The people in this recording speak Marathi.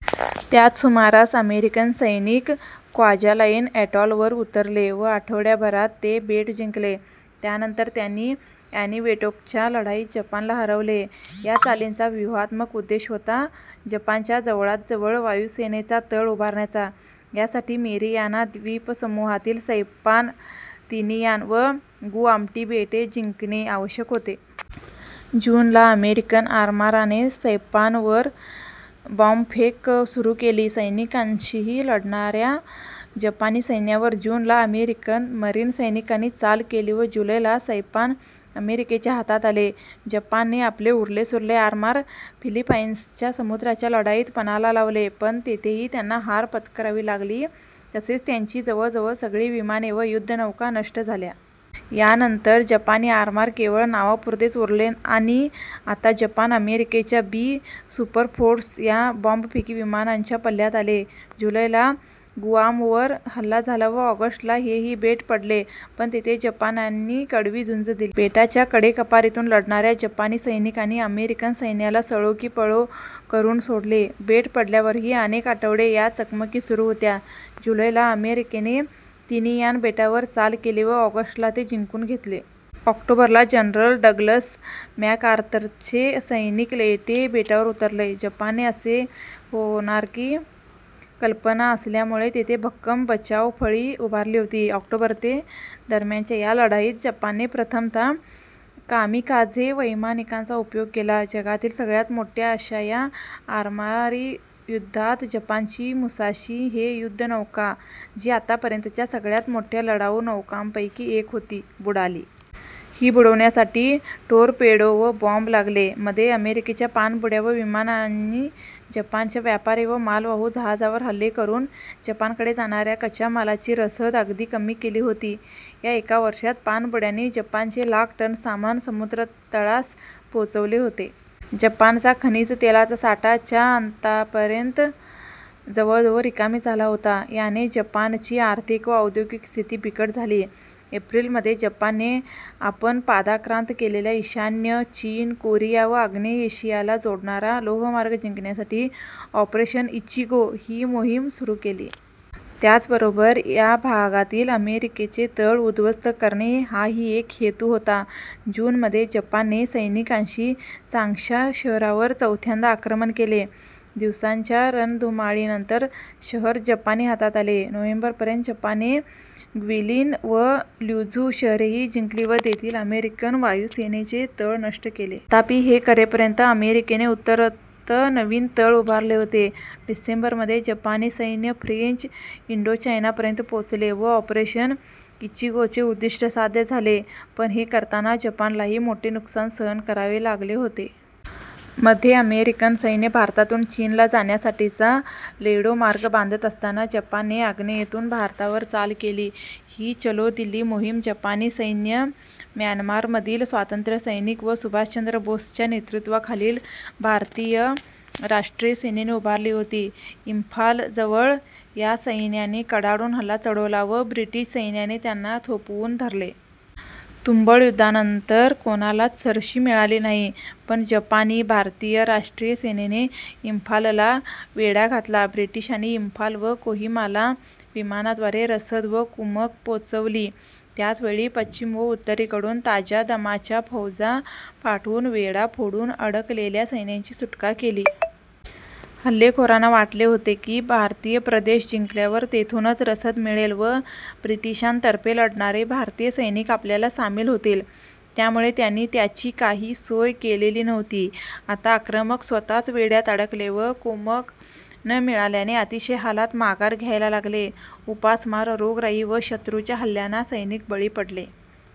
त्याच सुमारास अमेरिकन सैनिक क्वाजालाइन एटॉलवर उतरले व आठवड्याभरात ते बेट जिंकले. त्यानंतर त्यांनी एनिवेटोकच्या लढाईत जपानला हरवले. या चालींचा व्यूहात्मक उद्देश होता जपानच्या जवळातजवळ वायुसेनेचा तळ उभारण्याचा. यासाठी मेरियाना द्वीपसमूहातील सैपान, तिनियान व गुआमची बेटे जिंकणे आवश्यक होते. जून ला अमेरिकन आरमाराने सैपानवर बॉम्बफेक सुरू केली. सैनिकांनीशी लढणाऱ्या जपानी सैन्यावर जून ला अमेरिकन मरीन सैनिकांनी चाल केली व जुलै ला सैपान अमेरिकेच्या हातात आले. जपानने आपले उरलेसुरले आरमार फिलिपाईन्सच्या समुद्राच्या लढाईत पणाला लावले पण तेथेही त्यांना हार पत्करावी लागली तसेच त्यांची जवळजवळ सगळी विमाने व युद्धनौका नष्ट झाल्या. यानंतर जपानी आरमार केवळ नावापुरतेच उरले आणि आता जपान अमेरिकेच्या बी. सुपरफोर्ट्रेस या बॉम्बफेकी विमानांच्या पल्ल्यात आले. जुलै ला गुआमवर हल्ला झाला व ऑगस्ट ला हेही बेट पडले पण येथे जपान्यांनी कडवी झुंज दिली. बेटाच्या कडे-कपारींतून लढणाऱ्या जपानी सैनिकांनी अमेरिकन सैन्याला सळो की पळो करून सोडले. बेट पडल्यावरही अनेक आठवडे या चकमकी सुरू होत्या. जुलै ला अमेरिकेने तिनियान बेटावर चाल केली व ऑगस्ट ला ते जिंकून घेतले. ऑक्टोबर ला जनरल डग्लस मॅकआर्थरचे सैनिक लेयटे बेटावर उतरले. जपानने असे होणार ही कल्पना असल्यामुळे येथे भक्कम बचावफळी उभारली होती. ऑक्टोबर ते दरम्यानच्या या लढाईत जपानने प्रथमतः कामिकाझे वैमानिकांचा उपयोग केला. जगातील सगळ्यात मोठ्या अशा या आरमारी युद्धात जपानची मुसाशी हे युद्धनौका, जी आत्तापर्यंतच्या सगळ्यात मोठ्या लढाऊ नौकांपैकी एक होती, बुडाली. ही बुडवण्यासाठी टोरपेडो व बॉम्ब लागले. मध्ये अमेरिकेच्या पाणबुड्या व विमानांनी जपानच्या व्यापारी व मालवाहू जहाजांवर हल्ले करून जपानकडे जाणाऱ्या कच्च्या मालाची रसद अगदी कमी केली होती. या एका वर्षात पाणबुड्यांनी जपानचे लाख टन सामान समुद्रतळास पोचवले होते. जपानचा खनिज तेलाचा साठा च्या अंतापर्यंत जवळजवळ रिकामा झाला होता. याने जपानची आर्थिक व औद्योगिक स्थिती बिकट झाली. एप्रिल मध्ये जपानने आपण पादाक्रांत केलेल्या ईशान्य चीन, कोरिया व आग्नेय एशियाला जोडणारा लोहमार्ग जिंकण्यासाठी ऑपरेशन इचिगो ही मोहीम सुरू केली. त्याचबरोबर या भागातील अमेरिकेचे तळ उद्ध्वस्त करणे हाही एक हेतु होता. जून मध्ये जपानने सैनिकांनिशी चांग्शा शहरावर चौथ्यांदा आक्रमण केले. दिवसांच्या रणधुमाळीनंतर शहर जपानी हातात आले. नोव्हेंबर पर्यंत जपानने ग्विलिन व ल्युझू शहरेही जिंकली व तेथील अमेरिकन वायुसेनेचे तळ नष्ट केले. तथापि हे करेपर्यंत अमेरिकेने उतरत्त नवीन तळ उभारले होते. डिसेंबर मध्ये जपानी सैन्य फ्रेंच इंडोचायना पर्यंत पोचले व ऑपरेशन इचिगोचे उद्दिष्ट साध्य झाले पण हे करताना जपानलाही मोठे नुकसान सहन करावे लागले होते. मध्ये अमेरिकन सैन्य भारतातून चीनला जाण्यासाठीचा लेडो मार्ग बांधत असताना जपानने आग्नेयेतून भारतावर चाल केली. ही चलो दिल्ली मोहीम जपानी सैन्य, म्यानमारमधील स्वातंत्र्यसैनिक व सुभाषचंद्र बोसच्या नेतृत्वाखालील भारतीय राष्ट्रीय सेनेने उभारली होती. इंफालजवळ या सैन्याने कडाडून हल्ला चढवला पण ब्रिटिश सैन्याने त्यांना थोपवून धरले. तुंबळ युद्धानंतर कोणालाच सरशी मिळाली नाही पण जपानी/भारतीय राष्ट्रीय सेनेने इंफालला वेढा घातला. ब्रिटिशांनी इंफाल व कोहिमाला विमानाद्वारे रसद व कुमक पोचवली. त्याचवेळी पश्चिम व उत्तरेकडून ताज्या दमाच्या फौजा पाठवून वेढा फोडून अडकलेल्या सैन्याची सुटका केली. हल्लेखोरांना वाटले होते की भारतीय प्रदेश जिंकल्यावर तेथूनच रसद मिळेल व ब्रिटिशांतर्फे लढणारे भारतीय सैनिक आपल्याला सामील होतील, त्यामुळे त्यांनी त्याची काही सोय केलेली नव्हती. आता आक्रमक स्वतःच वेढ्यात अडकले व कुमक न मिळाल्याने अतिशय हालात माघार घ्यालला लागले. उपासमार, रोगराई व शत्रूच्या हल्ल्यांना सैनिक बळी पडले.